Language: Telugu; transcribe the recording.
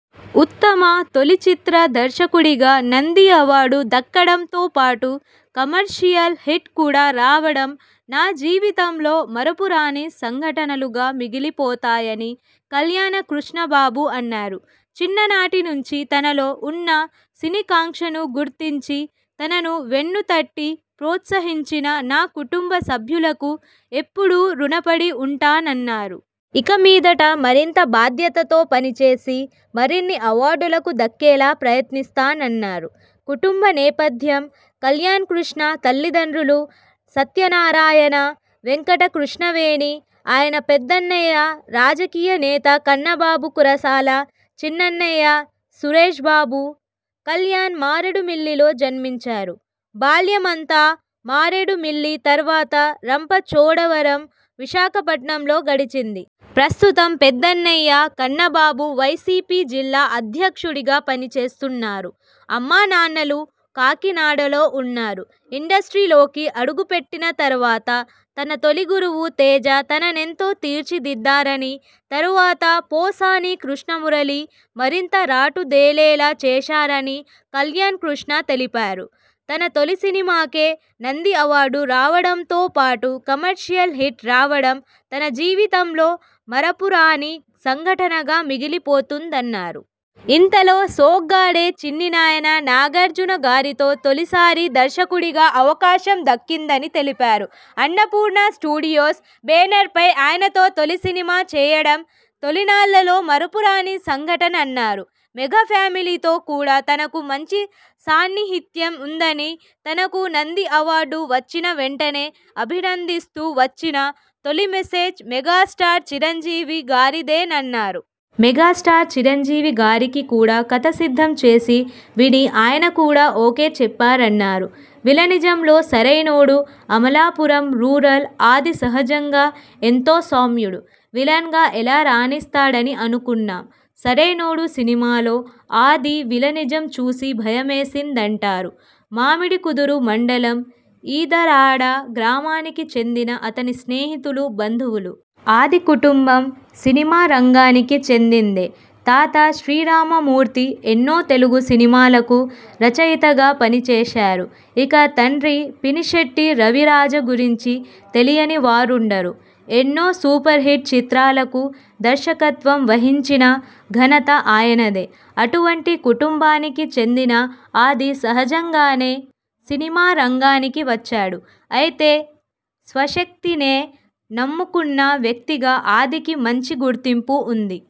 ఉత్తమ తొలి చిత్ర దర్శకుడిగా నంది అవార్డు దక్కడంతోపాటు కమర్షియల్ హిట్ కూడా రావడం నా జీవితంలో మరపురాని సంఘటనలుగా మిగిలిపోతాయని కళ్యాణ్కృష్ణబాబు అన్నారు. చిన్ననాటి నుంచి తనలో ఉన్న సినీ కాంక్షను గుర్తించి తనను వెన్నుతట్టి ప్రోత్సహించిన నా కుటుంబ సభ్యులకు ఎప్పుడూ రుణపడి ఉంటానన్నారు. ఇక మీదట మరింత బాధ్యతతో పనిచేసి మరిన్ని అవార్డులకు దక్కేలా ప్రయత్నిస్తానన్నారు. కుటుంబ నేపథ్యం: కల్యాణ్కృష్ణ తల్లిదండ్రులు సత్యనారాయణ, వెంకట కృష్ణవేణి, ఆయన పెద్దన్నయ్య రాజకీయ నేత కన్నబాబు కురసాల, చిన్నన్నయ్య సురేష్బాబు. కల్యాణ్ మారేడుమిల్లిలో జన్మించారు. బాల్యం అంతా మారేడుమిల్లి తర్వాత రంపచోడవరం, విశాఖపట్నంలో గడిచింది. ప్రస్తుతం పెద్దన్నయ్య కన్నబాబు వైసీపీ జిల్లా అధ్యక్షుడిగా పనిచేస్తున్నారు. అమ్మనాన్నలు కాకినాడలో ఉన్నా రు. ఇండస్ర్టీలోకి అడుగు పెట్టిన తర్వాత తన తొలిగురువు తేజ తననెంతో తీర్చిదిద్దారని, తరువాత పోసాని కృష్ణమురళీ మరింత రాటుదేలేలా చేశారని కల్యాణ్కృష్ణ తెలిపారు. తన తొలి సినిమాకే నంది అవార్డు రావడంతోపాటు కమర్షియల్ హిట్ రావడం తన జీవితంలో మరపురాని సంఘటనగా మిగిలిపోతుందన్నారు. ఇంతలో సొగ్గాడే చిన్నినాయన నాగార్జున గారితో తొలిసారి దర్శకుడిగా అవకాశం దక్కిందని తెలిపారు. అన్నపూర్ణ స్టూడియోస్ బేనర్పై ఆయనతో తొలి సినిమా చేయడం తొలినాళ్లలో మరపురాని సంఘటనన్నారు. మెగా ఫ్యామిలితో కూడా తనకు మంచి సాన్నిహిత్యం ఉందని, తనకు నంది అవార్డు వచ్చిన వెంటనే అభినందిస్తూ వచ్చిన తొలి మేసేజ్ మెగాస్టార్ చిరంజీవి గారిదేనన్నారు. మెగాస్టార్ చిరంజీవి గారికి కూడా కథ సిద్ధం చేసి విని ఆయన కూడా ఒకే చెప్పారన్నారు. విలనిజంలో సరైనోడు అమలాపురం రూరల్: ఆది సహజంగా ఎంతో సౌమ్యుడు. విలన్గా ఎలా రాణిస్తాడని అనుకున్నాం. సరైనోడు సినిమాలో ఆది విలనిజం చూసి భయమేసిందంటారు మామిడికుదురు మండలం ఈదరాడ గ్రామానికి చెందిన అతని స్నేహితులు, బంధువులు. ఆది కుటుంబం సినిమారంగానికి చెందిందే. తాత శ్రీరామమూర్తి ఎన్నో తెలుగు సినిమాలకు రచయితగా పనిచేశారు. ఇక తండ్రి పినిశెట్టి రవిరాజా గురించి తెలియనివారుండరు. ఎన్నో సూపర్హిట్ చిత్రాలకు దర్శకత్వం వహించిన ఘనత ఆయనదే. అటువంటి కుటుంబానికి చెందిన ఆది సహజంగానే సినిమారంగానికి వచ్చాడు. అయితే స్వశక్తినే నమ్ముకున్న వ్యక్తిగా ఆదికి మంచి గుర్తింపు ఉంది.